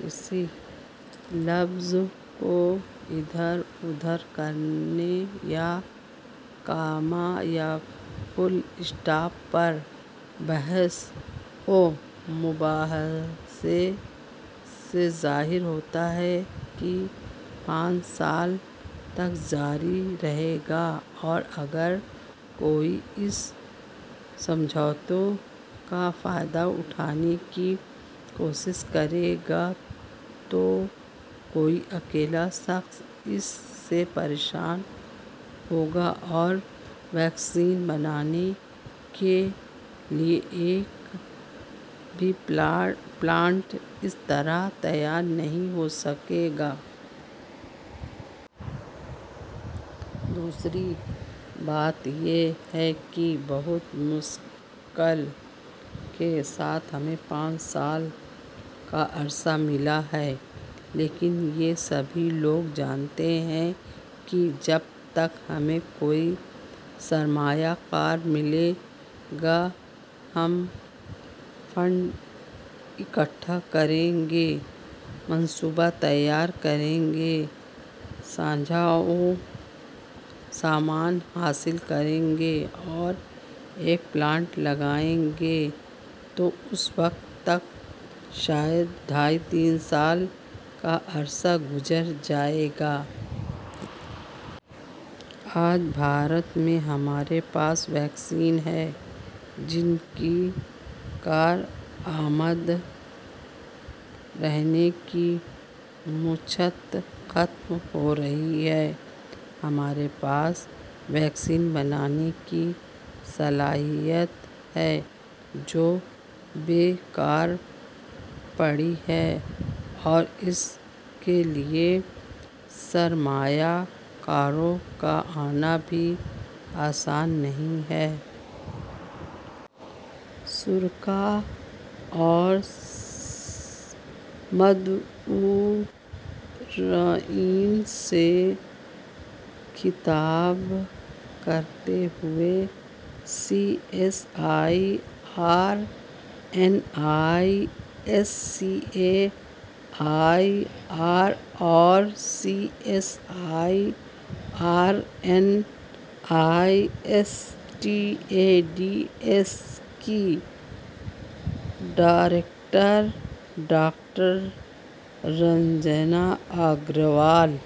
کسی لفظ کو اِدھر اُدھر کرنے یا کوما یا فل اسٹاپ پر بحث و مباحثے سے ظاہر ہوتا ہے کہ پانچ سال تک جاری رہے گا اور اگر کوئی اس سمجھوتے کا فائدہ اٹھانے کی کوشش کرے گا تو کوئی اکیلا شخص اس سے پریشان ہوگا اور ویکسین بنانے کے لیے ایک بھی پلانٹ اس طرح تیار نہیں ہو سکے گا۔ دوسری بات یہ ہے کہ بہت مشکل کے ساتھ ہمیں پانچ سال کا عرصہ ملا ہے، لیکن یہ سبھی لوگ جانتے ہیں کہ جب تک ہمیں کوئی سرمایہ کار ملے گا، ہم فنڈ اکٹھا کریں گے، منصوبہ تیار کریں گے، سانجھ سامان حاصل کریں گے اور ایک پلانٹ لگائیں گے، تو اس وقت تک شاید ڈھائی تین سال کا عرصہ گزر جائے گا۔ آج بھارت میں ہمارے پاس ویکسین ہیں، جن کی کارآمد رہنے کی مجھتہ ختم ہو رہی ہے، ہمارے پاس ویکسین بنانے کی صلاحیت ہے، جو بے کار پڑی ہے اور اس کے لیے سرمایہ کاروں کا آنا بھی آسان نہیں ہے۔ شرکا اور مدراین سے خطاب کرتے ہوئے C S I R N I S C A I R اور C S I R N I S T A D S کی ڈائریکٹر ڈاکٹر رنجنا اگروال